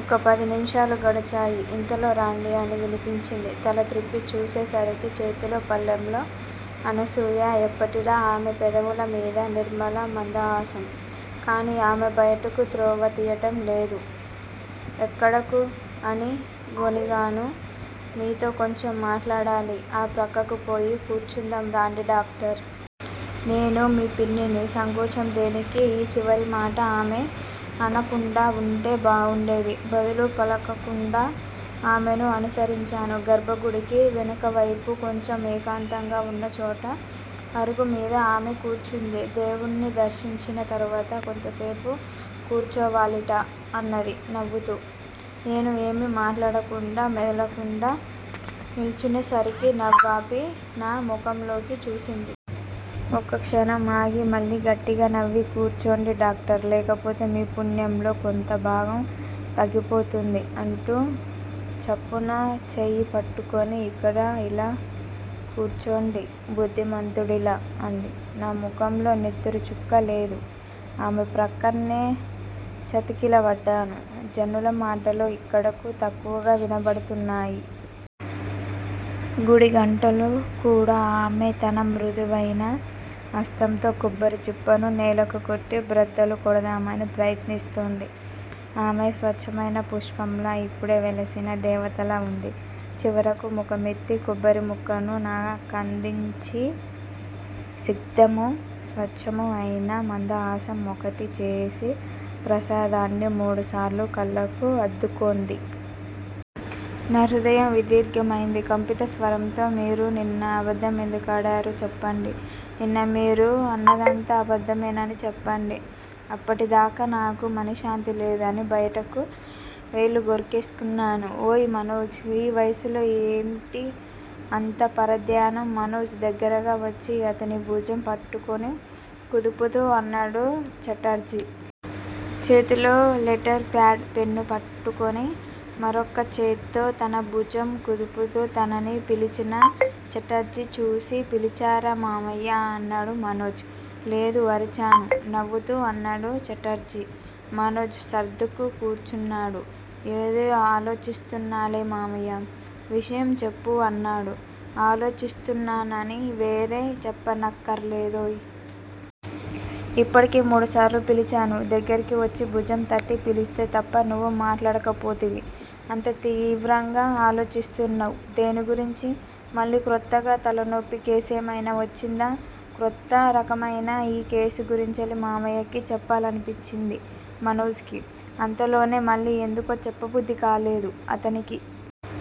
ఒక్క పదినిముషాలు గడిచాయి. ఇంతలో రండి అని వినిపించింది. తల త్రిప్పి చూసే సరికి చేతిలో పళ్ళెంతో అనసూయ, ఎప్పటిలా ఆమె పెదవుల మీద నిర్మల మందహాసం. కాని ఆమె బయటకు త్రోవ తియ్యటం లేదు. ఎక్కడకు? అని గొణిగాను. మీతో కొంచెం మాట్లాడాలి. ఆ ప్రక్కకు పోయి కూర్చుందాం రండి డాక్టర్! నేను మీ పిన్నిని సంకోచం దేనికీ? ఈ చివరిమాట ఆమె అనకుండా వుంటే బాగుండేది. బదులు పలకకుండా ఆమెను అనుసరించాను. గర్భగుడికి వెనుకవైపు కొంచెం ఏకాంతంగా వున్నచోట అరుగుమీద ఆమె కూర్చుంది. దేముడ్ని దర్శించిన తర్వాత కొంతసేపు కూర్చోవాలిట అన్నది నవ్వుతూ. నేను ఏమీ మాట్లాడకుండా మెదలకుండా నిల్చునే సైర్కి నవ్వాపి నా ముఖంలోకి చూసింది. ఒక్కక్షణం ఆగి మళ్ళీ గట్టిగా నవ్వి కూర్చోండి డాక్టర్ లేకపోతే మీ పుణ్యంలో కొంత భాగం తగ్గిపోతుంది అంటూ చప్పున చెయ్యిపట్టుకుని ఇక్కడ ఇలా కూర్చోండి బుద్దిమంతుడిలా అంది. నా ముఖంలో నెత్తురు చుక్కలేదు. ఆమె ప్రక్కనే చతికిలబడ్డాను. జనుల మాటలు యిక్కడకు తక్కువగా వినబడుతున్నాయి. గుడిగంటలు కూడా ఆమె తన మృదువైన హస్తంతో కొబ్బరిచిప్పను నేలకు కొట్టి బ్రద్దలు కొడదామణి ప్రయత్నిస్తోంది. ఆమె స్వచ్చమైన పుష్పంలా యిప్పుడే వెలసిన దేవతలా వుంది. చివరకు ముఖమెత్తి కొబ్బరిముక్కను నాకందించి, స్నిగ్ధమూ, స్వచ్చమూ అయిన మందహాసం ఒకటి చేసి ప్రసాదాన్ని మూడుసార్లు కళ్ళకు అద్దుకొంది. నా హృదయం విదీర్ణమయింది. కంపిత స్వరంతో మీరు నిన్న అబద్దమెందుకాడారు? చెప్పండి. నిన్న మీరు అన్నదంతా అబద్దమేనని చెప్పండి. అప్పటిదాకా నాకు మనశ్శాంతి లేదు అని బయటకు వెళ్ళగ్రక్కేసుకున్నాను. ఓయ్! మనోజ్! ఈ వయస్సులో ఏమిటి అంత పరధ్యానం? మనోజ్ దగ్గరగా వచ్చి అతని భుజం పట్టుకుని కుదుపుతూ అన్నాడు ఛటర్జీ. చేతిలో లెటర్ పాడ్, పెన్ను పట్టుకుని, మరొకచేత్తో తన భుజం కుదుపుతూ, తనని పిలిచిన ఛటర్జీ చూసి, పిలిచారా మామయ్యా! అన్నాడు మనోజ్. లేదు! అరిచాను నవ్వుతూ అన్నాడు ఛటర్జీ. మనోజ్ సర్దుకు కూర్చున్నాడు. ఏదో ఆలోచిస్తున్నాలే మామయ్యా! విషయం చెప్పు! అన్నాడు. ఆలోచిస్తున్నానని వేరే చెప్పనక్కర లేదోయ్! ఇప్పటికి మూడుసార్లు పిలిచాను దగ్గరికి వచ్చి భుజం తట్టి పిలిస్తే తప్ప నువ్వు మాట్లాడకపోతివి. అంత తీవ్రంగా ఆలోచిస్తున్నావ్ దేని గురించి? మళ్ళీ క్రొత్తగా తలనొప్పి కేసేమయినా వచ్చిందా? క్రొత్త రకమయిన ఈ కేసు గురించి మామయ్యకి చెప్పాలనిపించింది మనోజ్ కి. అంతలోనే మళ్ళీ ఎందుకో చెప్పబుద్దికాలేదు అతనికి.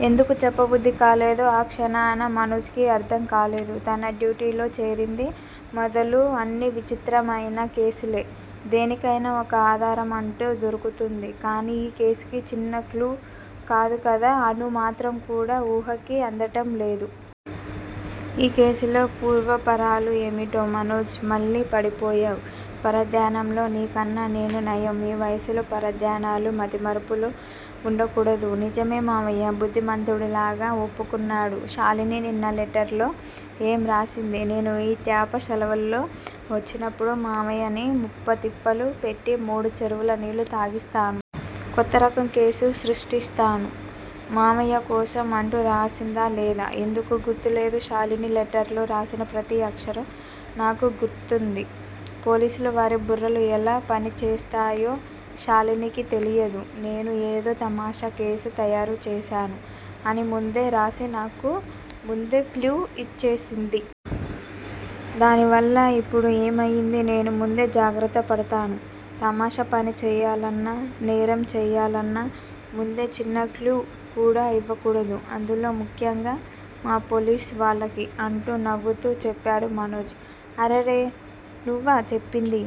ఎందుకు చెప్పబుద్ది కాలేదో ఆ క్షణాన మనోజ్ కి అర్ధం కాలేదు. తను డ్యూటీలో చేరింది మొదలు అన్నీ విచిత్రమయిన కేసులే. దేనికయినా ఒక ఆధారమంటూ దొరుకుతుంది. కానీ ఈ కేసుకి చిన్న క్లూ కాదు కదా! అణు మాత్రం కూడా వూహకి అందటం లేదు. ఈ కేసు పూర్వాపరాలు ఏమిటో? మనోజ్! మళ్ళీ పడిపోయావ్ పరధ్యానంలో నీకన్నా నేను నయం ఈ వయస్సులో పరధ్యానాలూ, మతిమరుపులూ వుండకూడదు. నిజమే మామయ్యా! బుద్ధిమంతుడిలాగా ఒప్పుకున్నాడు. షాలిని నిన్న లెటర్ లో ఏం రాసింది? నేను ఈ త్యాప శెలవుల్లో వచ్చినప్పుడు. మామయ్యని ముప్పతిప్పలు పెట్టి మూడు చెరువుల నీళ్లు తాగిస్తాను. కొత్త రకం కేసు సృష్టిస్తాను మామయ్య కోసం అంటూ రాసిందా లేదా? ఎందుకు గుర్తు లేదూ! షాలిని లెటర్ లో రాసిన ప్రతి అక్షరం నాకు గుర్తుంది. పోలీసు వారి బుర్రలు ఎలా పనిచేస్తాయో షాలినీకి తెలియదు. నేను ఏదో తమాషా కేసు తయారు చేస్తాను అని ముందే రాసి నాకు ముందే క్లూ ఇచ్చేసింది. దానివల్ల ఇప్పుడు ఏమయింది? నేను ముందే జాగ్రత్త పడతాను. తమాషా పని చెయ్యాలన్నా, నేరం చెయ్యాలన్నా, ముందే చిన్న క్లూ కూడా ఇవ్వకూడదు. అందులో ముఖ్యంగా మా పోలీసు వాళ్ళకి అంటూ నవ్వుతూ చెప్పాడు మనోజ్. అరెరె! నువ్వు చెప్పిందీ